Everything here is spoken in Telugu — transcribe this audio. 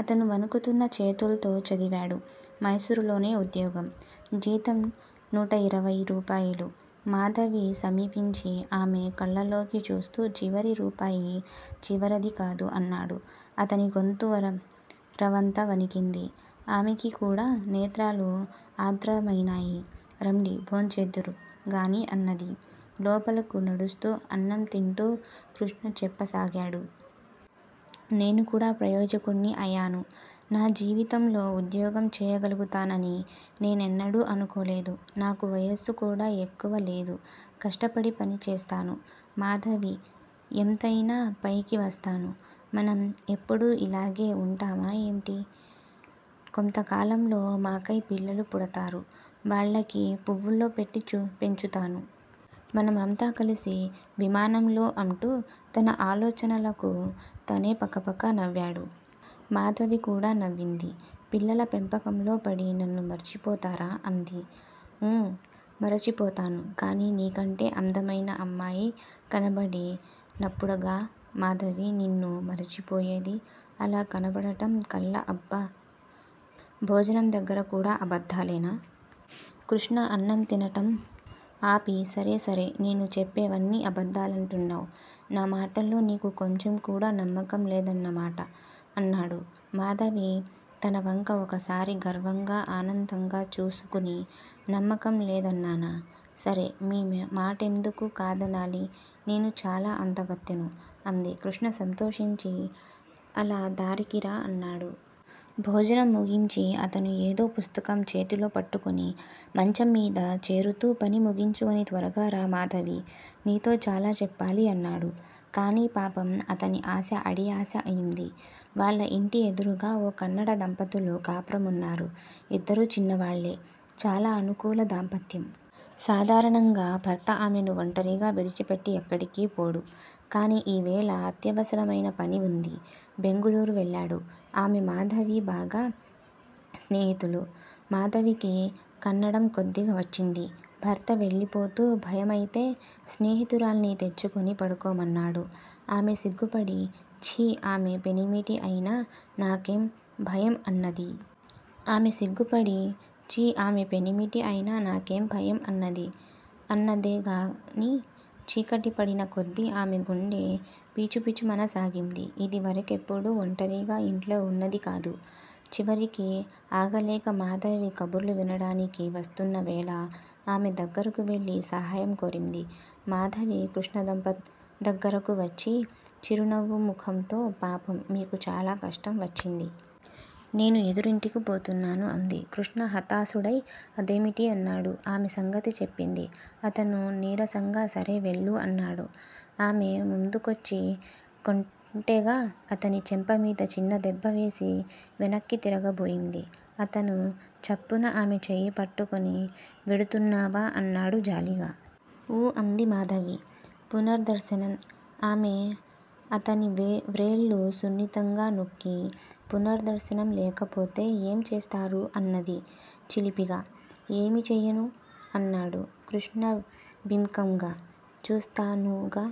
అతను వణుకుతున్న చేతుల్తో చదివాడు. మైసూరులోనే ఉద్యోగం. జీతం నూటయిరవై రూపాయలు. మాధవి సమీపించి ఆమె కళ్ళలోకి చూస్తూ చివరి రూపాయి చివరిదికాదు అన్నాడు. అతనిగొంతు రవంత వణికింది. ఆమెకికూడా నేత్రాలు ఆర్ద్రమైనాయి. రండి భోంచేద్దురు గాని అన్నది, లోపలకు నడుస్తూ. అన్నం తింటూ కృష్ణ చెప్పసాగాడు. నేనుకూడా ప్రయోజకుడ్ని అయాను. నా జీవితంలో ఉద్యోగం చెయ్యగలుగుతానని నేనెన్నడూ అనుకోలేదు. నాకు వయస్సు కూడా ఎక్కువలేదు. కష్టపడి పని చేస్తాను. మాధవీ! ఎంతయినా పైకి వస్తాను. మనం ఎప్పుడూ యిలాగే వుంటామా ఏమిటి? కొంతకాలంలో మాకై పిల్లలు పుడతారు. వాళ్ళని పువ్వుల్లో పెట్టి పెంచుతాను. మనమంతా కలిసి విమానంలో అంటూ తన ఆలోచనలకు తనే పకపక నవ్వాడు. మాధవికూడా నవ్వింది. పిల్లల పెంపకంలో పడి నన్ను మరచిపోతారా? అంది. ఊ, మరచిపోతాను. కాని నీకంటే అందమైన అమ్మాయి కనబడి నప్పుడుగా మాధవీ నిన్ను మరచిపోయేది. అలా కనబడటం కల్ల! అబ్బ! భోజనందగ్గరకూడా అబద్దాలేనా? కృష్ణ అన్నంతినటం ఆపి సరే సరే, నేను చెప్పేవన్నీ అబద్దాలేనంటావ్. నామాటల్లో నీకు కొంచెంకూడా నమ్మకం లేదన్నమాట అన్నాడు. మాధవి తనవంక ఒకసారి గర్వంగా, ఆనందంగా చూసుకుని నమ్మకం లేదన్నానా? సరే మీ మాటెందుకు కాదనాలి? నేను చాలా అందగత్తెను అంది. కృష్ణ సంతోషించి అలా దారికిరా అన్నాడు. భోజనం ముగించి అతను ఏదో పుస్తకం చేతిలో పట్టుకుని మంచం మీద చేరుతూ పని ముగించుకుని త్వరగా రా మాధవీ! నీతో చాలాచెప్పాలి అన్నాడు. కానీ పాపం అతని ఆశ అడియాశ అయింది. వాళ్ళ యింటి ఎదురుగా ఓ కన్నడదంపతులు కాపురమున్నారు. ఇద్దరూ చిన్నవాళ్ళే. చాలా అనుకూల దాంపత్యం. సాధారణంగా భర్త ఆమెను ఒంటరిగా విడిచిపెట్టి ఎక్కడికీ పోడు. కానీ ఈవేళ అత్యవసరమైన పనివుండి బెంగుళూరు వెళ్ళాడు. ఆమె, మాధవీ బాగా స్నేహితులు. మాధవికి కన్నడం కొద్దిగా వచ్చింది. భర్త వెళ్ళిపోతూ భయమైతే స్నేహితురాల్ని తెచ్చుకుని పడుకోమన్నాడు. ఆమె సిగ్గుపడి, ఛీ, ఆమె పెనిమిటి అయినా నాకేం భయం అన్నది. ఆమె సిగ్గుపడి, ఛీ ఆమె పెనిమిటి అయినా నాకేం భయం అన్నది. అన్నదేగానీ చీకటిపడినకొద్దీ ఆమె గుండె పీచుపీచుమనసాగింది. ఇదివరకెప్పుడూ ఒంటరిగా యింట్లో వున్నదికాదు. చివరికి ఆగలేక మాధవి కబుర్లు వినడానికని వస్తున్నవేళ ఆమె దగ్గరకు వెళ్ళి సహాయం కోరింది. మాధవి కృష్ణదగ్గరకు వచ్చి చిరునవ్వు ముఖంతో పాపం మీకు చాలా కష్టం వచ్చింది. నేను ఎదురింటికీ పోతున్నాను అంది. కృష్ణ హతాశుడై అదేమిటి? అన్నాడు. ఆమె సంగతి చెప్పింది. అతను నీరసంగా సరే, వెళ్ళు అన్నాడు. ఆమె ముందుకొచ్చి కొంటెగా అతని చెంపమీద చిన్న దెబ్బవేసి వెనక్కి తిరగబోయింది. అతను చప్పున ఆమె చెయ్యి పట్టుకుని వెడుతున్నావా? అన్నాడు జాలిగా. ఊ అంది మాధవి. పునద్దర్సనం? ఆమె అతని వ్రేళ్ళు సున్నితంగా నొక్కి పునద్దర్సనం లేకపోతే ఏం చేస్తారు? అన్నది చిలిపిగా. ఏమీ చెయ్యను అన్నాడు కృష్ణ బింకంగా. చూస్తానుగా